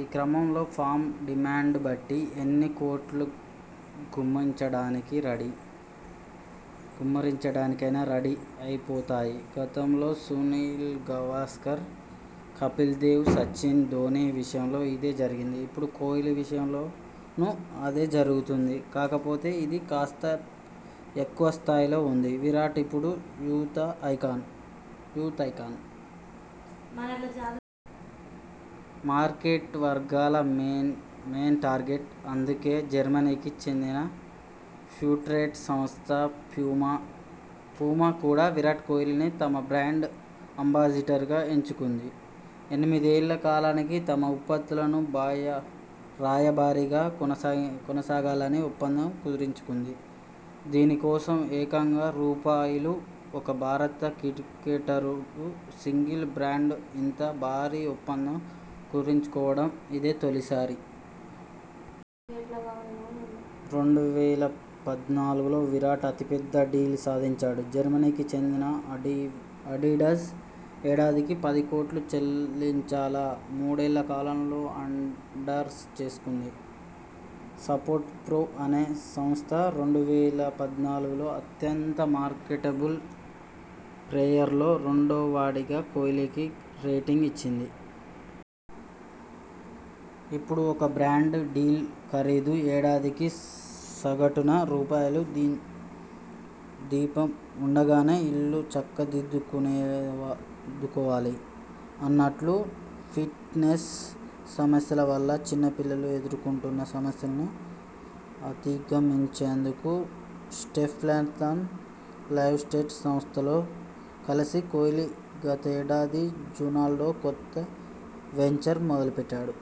ఈ క్రమంలో ఫామ్, డిమాండ్ను బట్టి ఎన్ని కోట్లు గుమ్మరించడానికైనా రెడీ అయిపోతాయి. గతంలో సునీల్ గవాస్కర్, కపిల్ దేవ్, సచిన్, ధోనీ విషయంలో ఇదే జరిగింది. ఇప్పుడు కోహ్లీ విషయంలోనూ అదే జరుగుతోంది! కాకపోతే అది కాస్త ఎక్కువ స్థాయిలో ఉంది. విరాట్ ఇప్పుడు యూత ఐకాన్..! మార్కెట్ వర్గాల మెయిన్ టార్గెట్..! అందుకే జర్మనీకి చెందిన ఫుట్వేర్ సంస్థ 'ప్యూమా' కూడా విరాట్ కోహ్లీని తమ బ్రాండ్ అంబాసిడర్గా ఎంచుకుంది. ఎనిమిదేళ్ల కాలానికి తమ ఉత్పత్తులకు రాయబారిగా కొనసాగాలని ఒప్పందం కుదుర్చుకుంది. దీని కోసం ఏకంగా రూపాయలు. ఒక భారత క్రీడాకారుడు సింగిల్ బ్రాండ్తో ఇంత భారీ ఒప్పందం కుదుర్చుకోవటం ఇదే తొలిసారి. రెండు వేల పద్నాలుగులో విరాట్ అతిపెద్ద డీల్ సాధించాడు. జర్మనీకి చెందిన ఆడిడాస్ ఏడాదికి పది కోట్లు చెల్లించేలా మూడేళ్ల కాలానికి ఎండార్స్ చేసుకుంది. స్పోర్ట్స్ ప్రొ అనే సంస్థ రెండు వేల పద్నాలుగులో అత్యంత మార్కెటబుల్ ప్లేయర్లలో రెండో వాడిగా కోహ్లీకి రేటింగ్ ఇచ్చింది. ఇప్పుడు ఒక్కో బ్రాండ్ డీల్ ఖరీదు ఏడాదికి సగటున రూపాయలు. దీపం ఉండగానే ఇల్లు చక్క దిద్దుకోవాలి అన్నట్టూ.. ఫిట్నెస్ సమస్యల వల్ల చిన్న పిల్లలు ఎదుర్కొంటున్న సమస్యలను అధిగమించేందుకు స్టెపాథ్లాన్ లైఫ్ స్టైల్ సంస్థతో కలిసి కోహ్లీ గతేడాది జూన్లో కొత్త వెంచర్ను మొదలుపెట్టాడు.